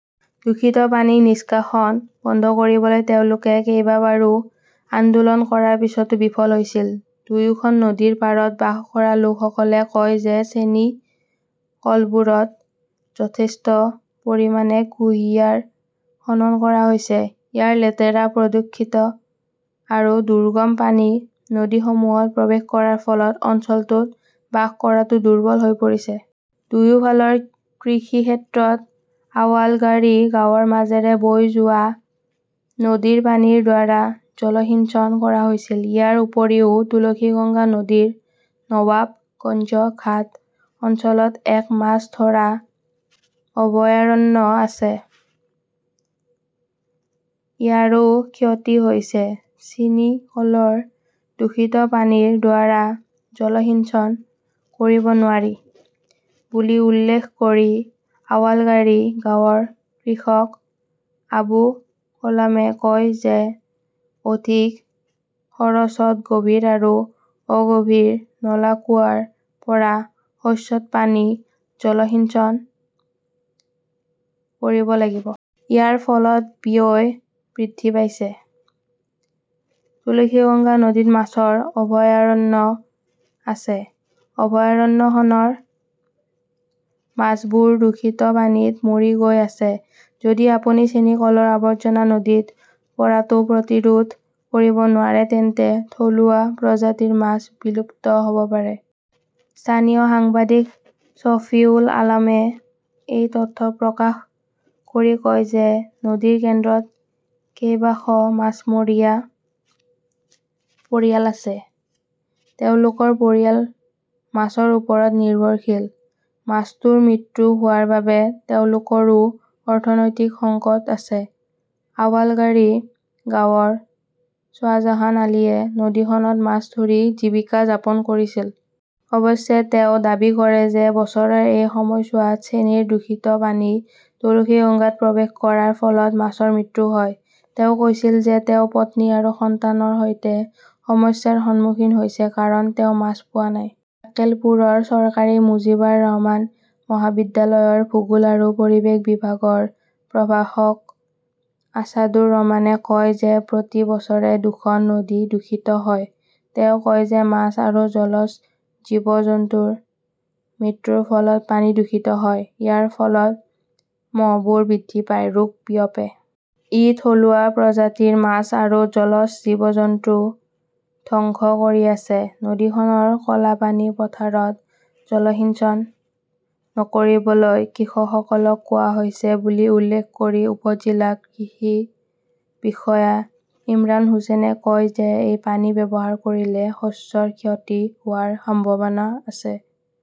দূষিত পানী নিষ্কাশন বন্ধ কৰিবলৈ তেওঁলোকে কেইবাবাৰো আন্দোলন কৰাৰ পিছতো বিফল হৈছিল। দুয়োখন নদীৰ পাৰত বাস কৰা লোকসকলে কয় যে চেনি কলবোৰত যথেষ্ট পৰিমাণে কুঁহিয়াৰ খনন কৰা হৈছে। ইয়াৰ লেতেৰা, প্ৰদূষিত আৰু দুৰ্গম পানী নদীসমূহত প্ৰৱেশ কৰাৰ ফলত অঞ্চলটোত বাস কৰাটো দুৰ্বল হৈ পৰিছে। দুয়োফালৰ কৃষিক্ষেত্ৰত আৱালগাড়ী গাঁৱৰ মাজেৰে বৈ যোৱা নদীৰ পানীৰ দ্বাৰা জলসিঞ্চন কৰা হৈছিল। ইয়াৰ উপৰিও, তুলসীগঙ্গা নদীৰ নৱাবগঞ্জ ঘাট অঞ্চলত এক মাছ ধৰা অভয়াৰণ্য আছে। ইয়াৰো ক্ষতি হৈছে। চিনি কলৰ দূষিত পানীৰ দ্বাৰা জলসিঞ্চন কৰিব নোৱাৰি বুলি উল্লেখ কৰি আৱালগাড়ী গাঁৱৰ কৃষক আবু কলামে কয় যে অধিক খৰচত গভীৰ আৰু অগভীৰ নলা কুঁৱাৰ পৰা শস্যত পানী জলসিঞ্চন কৰিব লাগিব। ইয়াৰ ফলত ব্যয় বৃদ্ধি পাইছে। তুলসীগঙ্গা নদীত মাছৰ অভয়াৰণ্য আছে। অভয়াৰণ্যখনৰ মাছবোৰ দূষিত পানীত মৰি গৈ আছে। যদি আপুনি চেনি কলৰ আৱৰ্জনা নদীত পৰাটো প্ৰতিৰোধ কৰিব নোৱাৰে তেন্তে থলুৱা প্ৰজাতিৰ মাছ বিলুপ্ত হ 'ব পাৰে। স্থানীয় সাংবাদিক শফিউল আলমে এই তথ্য প্ৰকাশ কৰি কয় যে নদীৰ কেন্দ্ৰত কেইবাশ মাছমৰীয়া পৰিয়াল আছে। তেওঁলোকৰ পৰিয়াল মাছৰ ওপৰত নিৰ্ভৰশীল। মাছটোৰ মৃত্যু হোৱাৰ বাবে তেওঁলোকৰো অৰ্থনৈতিক সংকট আছে। আৱালগাড়ী গাঁৱৰ শ্বাহজাহান আলীয়ে নদীখনত মাছ ধৰি জীৱিকা যাপন কৰিছিল। অৱশ্যে, তেওঁ দাবী কৰে যে বছৰৰ এই সময়ছোৱাত চেনিৰ দূষিত পানী তুলসীগঙ্গাত প্ৰৱেশ কৰাৰ ফলত মাছৰ মৃত্যু হয়। তেওঁ কৈছিল যে তেওঁ পত্নী আৰু সন্তানৰ সৈতে সমস্যাৰ সন্মুখীন হৈছে কাৰণ তেওঁ মাছ পোৱা নাই। আকেলপুৰৰ চৰকাৰী মুজিবাৰ ৰহমান মহাবিদ্যালয়ৰ ভূগোল আৰু পৰিৱেশ বিভাগৰ প্ৰভাষক আছাদুৰ ৰহমানে কয় যে প্ৰতি বছৰে দুখন নদী দূষিত হয়। তেওঁ কয় যে মাছ আৰু জলজ জীৱ-জন্তুৰ মৃত্যুৰ ফলত পানী দূষিত হয়। ইয়াৰ ফলত মহবোৰ বৃদ্ধি পায়, ৰোগ বিয়পে। ই থলুৱা প্ৰজাতিৰ মাছ আৰু জলজ জীৱ জন্তু ধ্বংস কৰি আছে। নদীখনৰ ক 'লা পানী পথাৰত জলসিঞ্চন নকৰিবলৈ কৃষকসকলক কোৱা হৈছে বুলি উল্লেখ কৰি উপ-জিলা কৃষি বিষয়া ইমৰান হুচেইনে কয় যে এই পানী ব্যৱহাৰ কৰিলে শস্যৰ ক্ষতি হোৱাৰ সম্ভাৱনা আছে।